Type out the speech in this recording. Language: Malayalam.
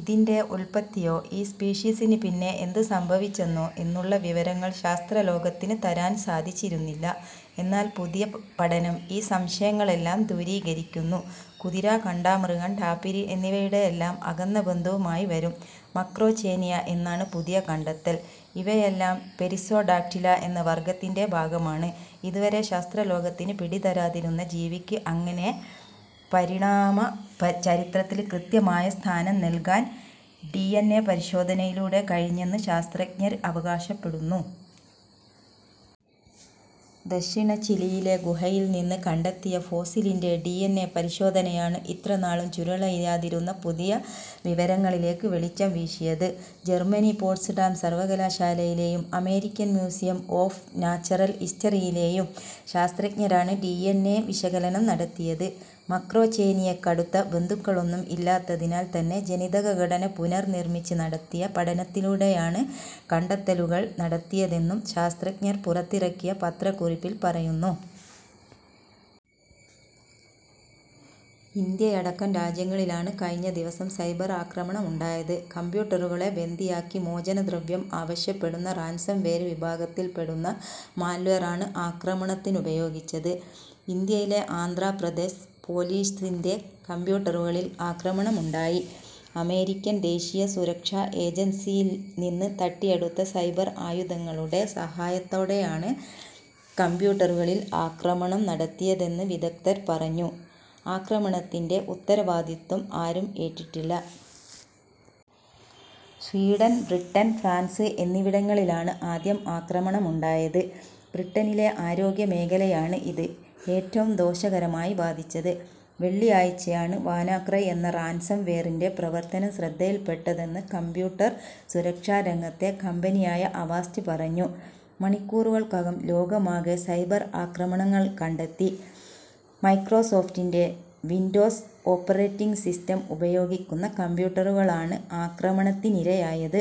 ഇതിന്റെ ഉത്പത്തിയോ ഈ സ്പീഷിസിന് പിന്നെ എന്ത് സംഭവിച്ചെന്നോ എന്നുള്ള വിവരങ്ങള് ശാസ്ത്രലോകത്തിന് തരാന് സാധിച്ചിരുന്നില്ല. എന്നാല് പുതിയ പഠനം ഈ സംശയങ്ങളെല്ലാം ദൂരീകരിക്കുന്നു. കുതിര, കണ്ടാമൃഗം, ടാപിര് എന്നിവയുടെയെല്ലാം അകന്ന ബന്ധുവായി വരും മക്രോചേനിയ എന്നാണ് പുതിയ കണ്ടെത്തല്. ഇവയെല്ലാം പെരിസ്സോഡാക്റ്റില എന്ന വര്ഗ്ഗത്തിന്റെ ഭാഗമാണ്. ഇതുവരെ ശാസ്ത്ര ലോകത്തിന് പിടി തരാതിരുന്ന ജീവിക്ക് അങ്ങനെ പരിണാമ ചരിത്രത്തില് കൃത്യമായ സ്ഥാനം നല്കാന് ഡിഎന്എ പരിശോധനയിലൂടെ കഴിഞ്ഞെന്ന് ശാസ്ത്രജ്ഞര് അവകാശപ്പെടുന്നു. ദക്ഷിണ ചിലിയിലെ ഗുഹയില് നിന്ന് കണ്ടെത്തിയ ഫോസിലിന്റെ ഡിഎന്എ പരിശോധനയാണ് ഇത്ര നാളും ചുരുളഴിയാതിരുന്ന പുതിയ വിവരങ്ങളിലേക്ക് വെളിച്ചം വീശിയത്. ജര്മ്മനി പോട്സ്ഡാം സര്വ്വകലാശാലയിലെയും അമേരിക്കന് മ്യൂസിയം ഓഫ് നാച്ചറല് ഹിസ്റ്ററിയിലെയും ശാസത്രജ്ഞരാണ് ഡിഎന്എ വിശകലനം നടത്തിയത്. മക്രോചേനിയയ്ക്ക് അടുത്ത ബന്ധുക്കളൊന്നും ഇല്ലാത്തിനാല് തന്നെ ജനിതക ഘടന പുനര്നിര്മ്മിച്ച് നടത്തിയ പഠനത്തിലൂടെയാണ് കണ്ടെത്തലുകള് നടത്തിയതെന്നും ശാസ്ത്രജ്ഞര് പുറത്തിറക്കിയ പത്രക്കുറിപ്പില് പറയുന്നു. ഇന്ത്യയടക്കം രാജ്യങ്ങളിലാണ് കഴിഞ്ഞ ദിവസം സൈബര് ആക്രമണമുണ്ടായത്. കംപ്യൂട്ടറുകളെ ബന്ദിയാക്കി മോചനദ്രവ്യം ആവശ്യപ്പെടുന്ന റാന്സംവേര് വിഭാഗത്തില്പ്പെടുന്ന മാല്വേറാണ് ആക്രമണത്തിനുപയോഗിച്ചത്. ഇന്ത്യയില് ആന്ധ്രാപ്രദേശ് പോലീസിന്റെ കംപ്യൂട്ടറുകളില് ആക്രമണമുണ്ടായി. അമേരിക്കന് ദേശീയസുരക്ഷാ ഏജന്സിയില് നിന്ന് തട്ടിയെടുത്ത 'സൈബര് ആയുധങ്ങളു'ടെ സഹായത്തോടെയാണ് കംപ്യൂട്ടറുകളില് ആക്രമണം നടത്തിയതെന്ന് വിദഗ്ധര് പറഞ്ഞു. ആക്രമണത്തിന്റെ ഉത്തരവാദിത്വം ആരും ഏറ്റിട്ടില്ല. സ്വീഡന്, ബ്രിട്ടന്, ഫ്രാന്സ് എന്നിവിടങ്ങളിലാണ് ആദ്യം ആക്രമണമുണ്ടായത്. ബ്രിട്ടനിലെ ആരോഗ്യമേഖലയെയാണ് ഇത് ഏറ്റവും ദോഷകരമായി ബാധിച്ചത്. വെള്ളിയാഴ്ചയാണ് 'വാനാക്രൈ' എന്ന റാന്സംവേറിന്റെ പ്രവര്ത്തനം ശ്രദ്ധയില്പ്പെട്ടതെന്ന് കമ്പ്യൂട്ടര് സുരക്ഷാരംഗത്തെ കമ്പനിയായ അവാസ്റ്റ് പറഞ്ഞു. മണിക്കൂറുകള്ക്കകം ലോകമാകെ സൈബര് ആക്രമണങ്ങള് കണ്ടെത്തി. മൈക്രോസോഫ്റ്റിന്റെ വിന്ഡോസ് ഓപ്പറേറ്റിങ് സിസ്റ്റം ഉപയോഗിക്കുന്ന കംപ്യൂട്ടറുകളാണ് ആക്രമണത്തിനിരയായത്.